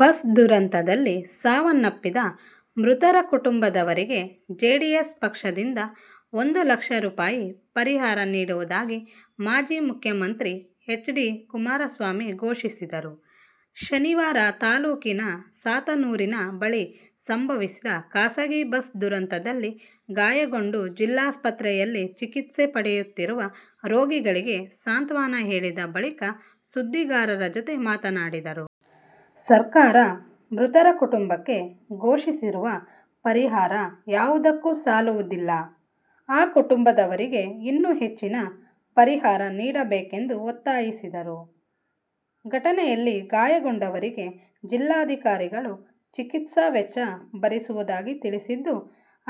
Bus ದುರಂತದಲ್ಲಿ ಸಾವನ್ನಪ್ಪಿದ ಮೃತರ ಕುಟುಂಬದವರಿಗೆ ಜೆಡಿಎಸ್ ಪಕ್ಷದಿಂದ ಒಂದು ಲಕ್ಷ ರೂಪಾಯಿ ಪರಿಹಾರ ನೀಡುವುದಾಗಿ ಮಾಜಿ ಮುಖ್ಯಮಂತ್ರಿ ಹೆಚ್. ಡಿ. ಕುಮಾರಸ್ವಾಮಿ ಘೋಷಿಸಿದರು. ಶನಿವಾರ ತಾಲೂಕಿನ ಸಾತನೂರಿನ ಬಳಿ ಸಂಭವಿಸಿದ ಖಾಸಗಿ ಬಸ್ ದುರಂತದಲ್ಲಿ ಗಾಯಗೊಂಡು ಜಿಲ್ಲಾಸ್ಪತ್ರೆಯಲ್ಲಿ ಚಿಕಿತ್ಸೆ ಪಡೆಯುತ್ತಿರುವ ರೋಗಿಗಳಿಗೆ ಸಾಂತ್ವನ ಹೇಳಿದ ಬಳಿಕ ಸುದ್ದಿಗಾರರ ಜೊತೆ ಮಾತನಾಡಿದರು. ಸರ್ಕಾರ ಮೃತರ ಕುಟುಂಬಕ್ಕೆ ಘೋಷಿಸಿರುವ ಪರಿಹಾರ ಯಾವುದಕ್ಕೂ ಸಾಲುವುದಿಲ್ಲ. ಆ ಕುಟುಂಬದವರಿಗೆ ಇನ್ನೂ ಹೆಚ್ಚಿನ ಪರಿಹಾರ ನೀಡಬೇಕೆಂದು ಒತ್ತಾಯಿಸಿದರು. ಘಟನೆಯಲ್ಲಿ ಗಾಯಗೊಂಡವರಿಗೆ ಜಿಲ್ಲಾಧಿಕಾರಿಗಳು ಚಿಕಿತ್ಸಾ ವೆಚ್ಚ ಭರಿಸುವುದಾಗಿ ತಿಳಿಸಿದ್ದು,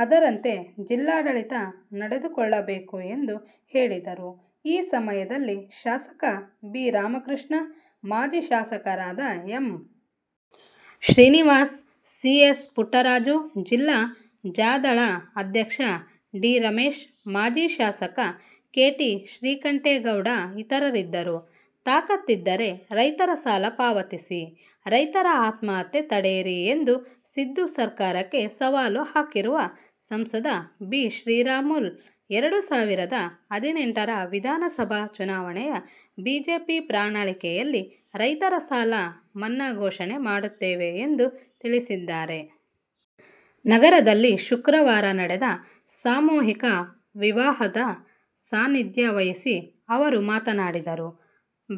ಅದರಂತೆ ಜಿಲ್ಲಾಡಳಿತ ನಡೆದುಕೊಳ್ಳಬೇಕು ಎಂದು ಹೇಳಿದರು. ಈ ಸಮಯದಲ್ಲಿ ಶಾಸಕ ಬಿ. ರಾಮಕೃಷ್ಣ, ಮಾಜಿ ಶಾಸಕರಾದ M. Srinivas, C. S. Puttaraju, ಜಿಲ್ಲಾ ಜಾ. ದಳ ಅಧ್ಯಕ್ಷ ಡಿ. ರಮೇಶ್ ಮಾಜಿ ಶಾಸಕ ಕೆ. ಟಿ. ಶ್ರೀಕಂಠೇಗೌಡ ಇತರರಿದ್ದರು. ತಾಕತ್ತಿದ್ದರೆ ರೈತರ ಸಾಲ ಪಾವತಿಸಿ, ರೈತರ ಆತ್ಮಹತ್ಯೆ ತಡೆಯಿರಿ ಎಂದು ಸಿದ್ದು ಸರ್ಕಾರಕ್ಕೆ ಸವಾಲು ಹಾಕಿರುವ ಸಂಸದ ಬಿ. ಶ್ರೀರಾಮುಲು, ಎರಡು ಸಾವಿರದ ಹದಿನೆಂಟರ ವಿಧಾನಸಭಾ ಚುನಾವಣೆಯ ಬಿಜೆಪಿ ಪ್ರಣಾಳಿಕೆಯಲ್ಲಿ ರೈತರ ಸಾಲ ಮನ್ನಾ ಘೋಷಣೆ ಮಾಡುತ್ತೇವೆ ಎಂದು ತಿಳಿಸಿದ್ದಾರೆ. ನಗರದಲ್ಲಿ ಶುಕ್ರವಾರ ನಡೆದ ಸಾಮೂಹಿಕ ವಿವಾಹದ ಸಾನ್ನಿಧ್ಯ ವಹಿಸಿ ಅವರು ಮಾತನಾಡಿದರು.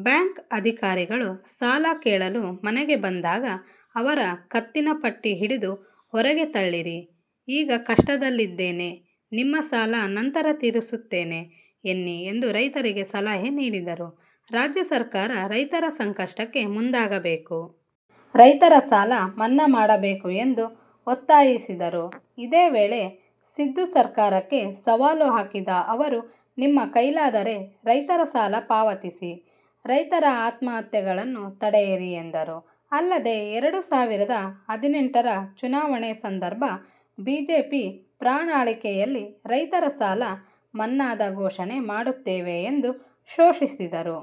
ಬ್ಯಾಂಕ್ ಅಧಿಧಿಕಾರಿಗಳು ಸಾಲ ಕೇಳಲು ಮನೆಗೆ ಬಂದಾಗ ಅವರ ಕತ್ತಿನ ಪಟ್ಟಿ ಹಿಡಿದು ಹೊರಗೆ ತಳ್ಳಿರಿ. ಈಗ ಕಷ್ಟದಲ್ಲಿದ್ದೇನೆ. ನಿಮ್ಮ ಸಾಲ ನಂತರ ತೀರಿಸುತ್ತೇನೆ ಎನ್ನಿ ಎಂದು ರೈತರಿಗೆ ಸಲಹೆ ನೀಡಿದರು. ರಾಜ್ಯ ಸರ್ಕಾರ ರೈತರ ಸಂಕಷ್ಟಕ್ಕೆ ಮುಂದಾಗಬೇಕು. ರೈತರ ಸಾಲ ಮನ್ನಾ ಮಾಡಬೇಕು ಎಂದು ಒತ್ತಾಯಿಸಿದರು. ಇದೇ ವೇಳೆ, ಸಿದ್ದು ಸರ್ಕಾರಕ್ಕೆ ಸವಾಲು ಹಾಕಿದ ಅವರು, ನಿಮ್ಮ ಕೈಲಾದರೆ ರೈತರ ಸಾಲ ಪಾವತಿಸಿ, ರೈತರ ಆತ್ಮಹತ್ಯೆಗಳನ್ನು ತಡೆಯಿರಿ ಎಂದರು. ಅಲ್ಲದೆ, ಎರಡು ಸಾವಿರದ ಹದಿನೆಂಟುರ ಚುನಾವಣೆ ಸಂದರ್ಭ ಬಿಜೆಪಿ ಪ್ರಣಾಳಿಕೆಯಲ್ಲಿ ರೈತರ ಸಾಲ ಮನ್ನಾದ ಘೋಷಣೆ ಮಾಡುತ್ತೇವೆ ಎಂದು ಘೋಷಿಸಿದರು